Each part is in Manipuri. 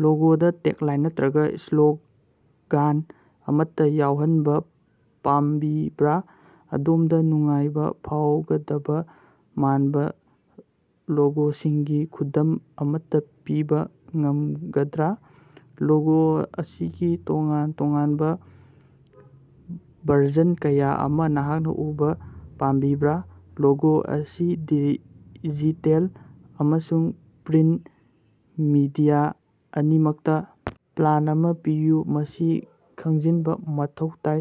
ꯂꯣꯒꯣꯗ ꯇꯦꯒꯂꯥꯏꯟ ꯅꯠꯇꯔꯒ ꯁ꯭ꯂꯣꯒꯥꯟ ꯑꯃꯠꯇ ꯌꯥꯎꯍꯟꯕ ꯄꯥꯝꯕꯤꯕꯔꯥ? ꯑꯗꯣꯝꯗ ꯅꯨꯡꯉꯥꯏꯕ ꯐꯥꯎꯒꯗꯕ ꯃꯥꯟꯅꯕ ꯂꯣꯒꯣꯁꯤꯡꯒꯤ ꯈꯨꯗꯝ ꯑꯃꯠꯇ ꯄꯤꯕ ꯉꯝꯒꯗ꯭ꯔꯥ? ꯂꯣꯒꯣ ꯑꯁꯤꯒꯤ ꯇꯣꯉꯥꯟ ꯇꯣꯉꯥꯟꯕ ꯚꯔꯖꯟ ꯀꯌꯥ ꯑꯃ ꯅꯍꯥꯛꯅ ꯎꯕꯥ ꯄꯥꯝꯕꯤꯕꯔꯥ? ꯂꯣꯒꯣ ꯑꯁꯤ ꯇꯤꯂꯤ ꯗꯤꯖꯤꯇꯦꯜ ꯑꯃꯁꯨꯡ ꯄ꯭ꯔꯤꯟꯇ ꯃꯤꯗꯤꯌꯥ ꯑꯅꯤꯃꯛꯇ ꯄ꯭ꯂꯥꯟ ꯑꯃ ꯄꯤꯌꯨ꯫ ꯃꯁꯤ ꯈꯪꯖꯤꯅꯕ ꯃꯊꯧ ꯇꯥꯏ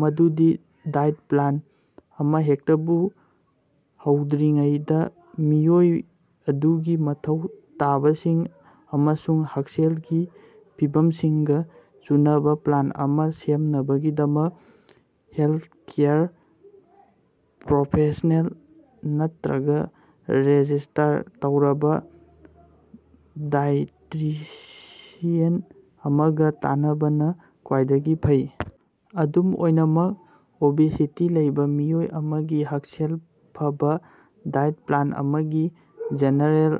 ꯃꯗꯨꯗꯤ ꯗꯥꯏꯠ ꯄ꯭ꯂꯥꯟ ꯑꯃꯍꯦꯛꯇꯕꯨ ꯍꯧꯗ꯭ꯔꯤꯉꯩꯗ, ꯃꯤꯑꯣꯏ ꯑꯗꯨꯒꯤ ꯃꯊꯧ ꯇꯥꯕꯁꯤꯡ ꯑꯃꯁꯨꯡ ꯍꯛꯁꯦꯜꯒꯤ ꯐꯤꯚꯝꯁꯤꯡꯒ ꯆꯨꯅꯕꯥ ꯄ꯭ꯂꯥꯟ ꯑꯃ ꯁꯦꯝꯅꯕꯒꯤꯗꯃꯛ ꯍꯦꯜꯊꯀꯦꯌꯔ ꯄ꯭ꯔꯣꯐꯦꯁꯅꯦꯜ ꯅꯠꯇꯔꯒ ꯔꯦꯖꯤꯁ꯭ꯇꯔ ꯇꯧꯔꯕ ꯗꯥꯏꯑꯦꯇꯤꯁꯤꯌꯟ ꯑꯃꯒ ꯇꯥꯟꯅꯕꯅ ꯈ꯭ꯋꯥꯏꯗꯒꯤ ꯐꯩ꯫ ꯑꯗꯨꯝ ꯑꯣꯏꯅꯃꯛ, ꯑꯣꯕꯦꯁꯤꯇꯤ ꯂꯩꯕ ꯃꯤꯑꯣꯏ ꯑꯃꯒꯤ ꯍꯛꯁꯦꯜ ꯐꯕꯥ ꯗꯥꯏꯠ ꯄ꯭ꯂꯥꯟ ꯑꯃꯒꯤ ꯖꯦꯅꯦꯔꯦꯜ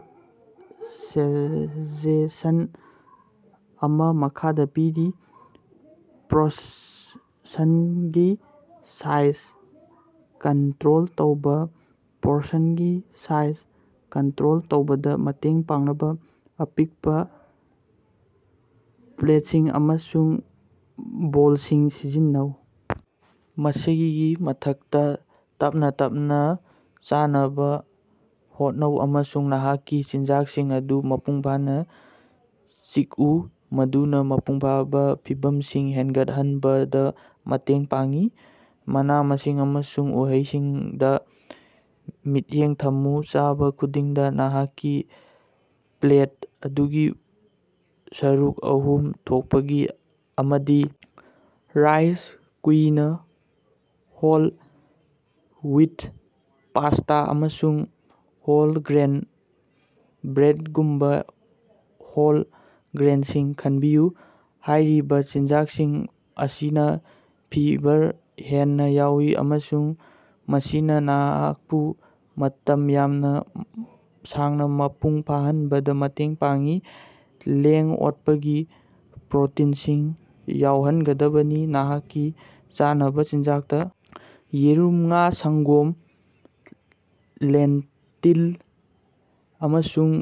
ꯁꯖꯦꯁꯟ ꯑꯃꯥ ꯃꯈꯥꯗ ꯄꯤꯔꯤ - ꯄꯣꯔꯁꯟꯒꯤ ꯁꯥꯏꯖ ꯀꯟꯇꯔꯣꯜ ꯇꯧꯕ - ꯄꯣꯔꯁꯟꯒꯤ ꯁꯥꯏꯖ ꯀꯟꯇꯔꯣꯜ ꯇꯧꯕꯗ ꯃꯇꯦꯡ ꯄꯥꯡꯅꯕ ꯑꯄꯤꯛꯄ ꯄ꯭ꯂꯦꯠꯁꯤꯡ ꯑꯃꯁꯨꯡ ꯕꯣꯜꯁꯤꯡ ꯁꯤꯖꯤꯟꯅꯧ꯫ ꯃꯁꯤꯒꯤ ꯃꯊꯛꯇ, ꯇꯞꯅꯥ ꯇꯞꯅꯥ ꯆꯥꯅꯕ ꯍꯣꯠꯅꯧ ꯑꯃꯁꯨꯡ ꯅꯍꯥꯛꯀꯤ ꯆꯤꯟꯖꯥꯛꯁꯤꯡ ꯑꯗꯨ ꯃꯄꯨꯡꯐꯥꯅ ꯆꯤꯛꯎ, ꯃꯗꯨꯅ ꯃꯄꯨꯡꯐꯥꯕ ꯐꯤꯚꯝꯁꯤꯡ ꯍꯦꯟꯒꯠꯍꯟꯕꯗ ꯃꯇꯦꯡ ꯄꯥꯡꯏ꯫ ꯃꯅꯥ-ꯃꯁꯤꯡ ꯑꯃꯁꯨꯡ ꯎꯍꯩꯁꯤꯡꯗ ꯃꯤꯠꯌꯦꯡ ꯊꯝꯃꯨ - ꯆꯥꯕ ꯈꯨꯗꯤꯡꯗ ꯅꯍꯥꯛꯀꯤ ꯄ꯭ꯂꯦꯠ ꯑꯗꯨꯒꯤ ꯁꯔꯨꯛ ꯑꯍꯨꯝ ꯊꯣꯛꯄꯒꯤ ꯑꯃꯗꯤ rice, quinoa, whole wheat pasta, ꯑꯃꯁꯨꯡ ꯍꯣꯜ-ꯒ꯭ꯔꯦꯟ ꯕ꯭ꯔꯦꯗꯒꯨꯝꯕ ꯍꯣꯜ ꯒ꯭ꯔꯦꯟꯁꯤꯡ ꯈꯟꯕꯤꯌꯨ꯫ ꯍꯥꯏꯔꯤꯕ ꯆꯤꯟꯖꯥꯛꯁꯤꯡ ꯑꯁꯤꯅ ꯐꯤꯕꯔ ꯍꯦꯟꯅ ꯌꯥꯎꯏ ꯑꯃꯁꯨꯡ ꯃꯁꯤꯅ ꯅꯍꯥꯛꯄꯨ ꯃꯇꯝ ꯁꯥꯡꯅ ꯃꯄꯨꯡ ꯐꯥꯍꯟꯕꯗ ꯃꯇꯦꯡ ꯄꯥꯡꯏ꯫ ꯂꯦꯡ-ꯑꯣꯠꯄꯒꯤ ꯄ꯭ꯔꯣꯇꯤꯟꯁꯤꯡ ꯌꯥꯎꯍꯟꯒꯗꯕꯅꯤ - ꯅꯍꯥꯛꯀꯤ ꯆꯥꯅꯕ ꯆꯤꯟꯖꯥꯛꯇ ꯌꯦꯔꯨꯝ, ꯉꯥ, ꯁꯪꯒꯣꯝ, ꯂꯦꯟꯇꯤꯜ, ꯑꯃꯁꯨꯡ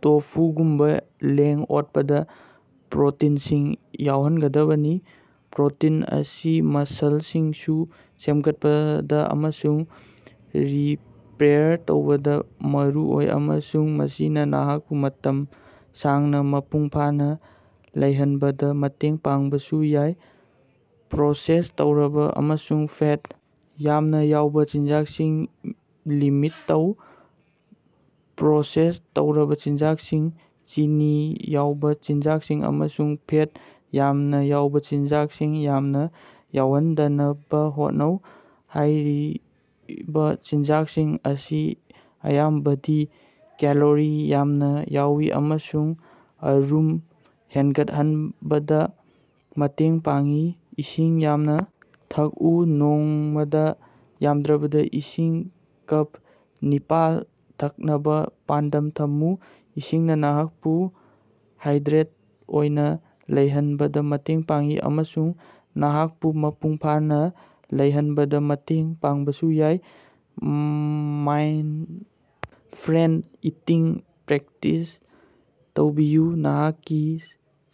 ꯇꯣꯐꯨꯒꯨꯝꯕ ꯂꯦꯡ-ꯑꯣꯠꯄꯒꯤ ꯄ꯭ꯔꯣꯇꯤꯟꯁꯤꯡ ꯌꯥꯎꯍꯟꯒꯗꯕꯅꯤ꯫ ꯄ꯭ꯔꯣꯇꯤꯟ ꯑꯁꯤ ꯃꯁꯜ ꯇꯤꯁꯨ ꯁꯦꯝꯒꯠꯄꯗ ꯑꯃꯁꯨꯡ ꯔꯤꯄꯦꯌꯥꯔ ꯇꯧꯕꯗ ꯃꯔꯨꯑꯣꯏ, ꯑꯃꯁꯨꯡ ꯃꯁꯤꯅ ꯅꯍꯥꯛꯄꯨ ꯃꯇꯝ ꯁꯥꯡꯅ ꯃꯄꯨꯡ ꯐꯥꯅ ꯂꯩꯍꯟꯕꯗ ꯃꯇꯦꯡ ꯄꯥꯡꯕꯁꯨ ꯌꯥꯏ꯫ ꯄ꯭ꯔꯣꯁꯦꯁ ꯇꯧꯔꯕ ꯑꯃꯁꯨꯡ ꯐꯦꯠ ꯌꯥꯝꯅ ꯌꯥꯎꯕ ꯆꯤꯟꯖꯥꯛꯁꯤꯡ ꯂꯤꯃꯤꯠ ꯇꯧ- ꯄ꯭ꯔꯣꯁꯦꯁ ꯇꯧꯔꯕ ꯆꯤꯟꯖꯥꯛꯁꯤꯡ, ꯆꯤꯅꯤ ꯌꯥꯎꯕ ꯆꯤꯟꯖꯥꯛꯁꯤꯡ ꯑꯃꯁꯨꯡ ꯐꯦꯠ ꯌꯥꯝꯅ ꯌꯥꯎꯕ‌ ꯆꯤꯟꯖꯥꯛꯁꯤꯡ ꯌꯥꯝꯅ ꯌꯥꯎꯍꯟꯗꯅꯕ ꯍꯣꯠꯅꯧ꯫ ꯍꯥꯏꯔꯤꯕꯥꫪ ꯆꯤꯟꯖꯥꯛꯁꯤꯡ ꯑꯁꯤ ꯑꯌꯥꯝꯕꯗꯤ ꯀꯦꯂꯣꯔꯤ ꯌꯥꯝꯅ ꯌꯥꯎꯏ ꯑꯃꯁꯨꯡ ꯑꯔꯨꯝꯕ ꯍꯦꯟꯒꯠꯍꯟꯕꯗ ꯃꯇꯦꯡ ꯄꯥꯡꯏ꯫ ꯏꯁꯤꯡ ꯌꯥꯝꯅ ꯊꯛꯎ - ꯅꯣꯡꯃꯥꯗ ꯌꯥꯝꯗ꯭ꯔꯕꯗ ꯏꯁꯤꯡ ꯀꯞ ꯅꯤꯄꯥꯜ ꯊꯛꯅꯕꯥ ꯄꯥꯟꯗꯝ ꯊꯝꯃꯨ꯫ ꯏꯁꯤꯡꯅ ꯅꯍꯥꯛꯄꯨ ꯍꯥꯏꯗ꯭ꯔꯦꯠ ꯑꯣꯏꯅ ꯂꯩꯍꯟꯕꯗ ꯃꯇꯦꯡ ꯄꯥꯡꯏ, ꯑꯃꯁꯨꯡ ꯅꯍꯥꯛꯄꯨ ꯃꯄꯨꯡꯐꯥꯅ ꯂꯩꯍꯟꯕꯗ ꯃꯇꯦꯡ ꯄꯥꯡꯕꯁꯨ ꯌꯥꯏ꯫ ꯃꯥꯏꯟꯗꯐ꯭ꯔꯦꯟꯗ ꯏꯇꯤꯡ ꯄ꯭ꯔꯦꯛꯇꯤꯁ ꯇꯧꯕꯤꯌꯨ - ꯅꯍꯥꯛꯀꯤ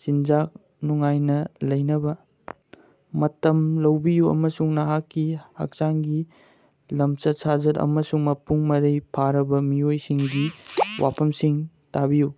ꯆꯤꯟꯖꯥꯛ ꯅꯨꯡꯉꯥꯏꯅ ꯂꯩꯅꯕ ꯃꯇꯝ ꯂꯧꯕꯤꯌꯨ ꯑꯃꯁꯨꯡ ꯅꯍꯥꯛꯀꯤ ꯍꯛꯆꯥꯡꯒꯤ ꯂꯝꯆꯠ-ꯁꯥꯖꯠ ꯑꯃꯁꯨꯡ ꯃꯄꯨꯡ-ꯃꯔꯩ ꯐꯥꯔꯕ ꯃꯤꯑꯣꯏꯁꯤꯡꯒꯤ ꯋꯥꯐꯝꯁꯤꯡ ꯇꯥꯕꯤꯌꯨ꯫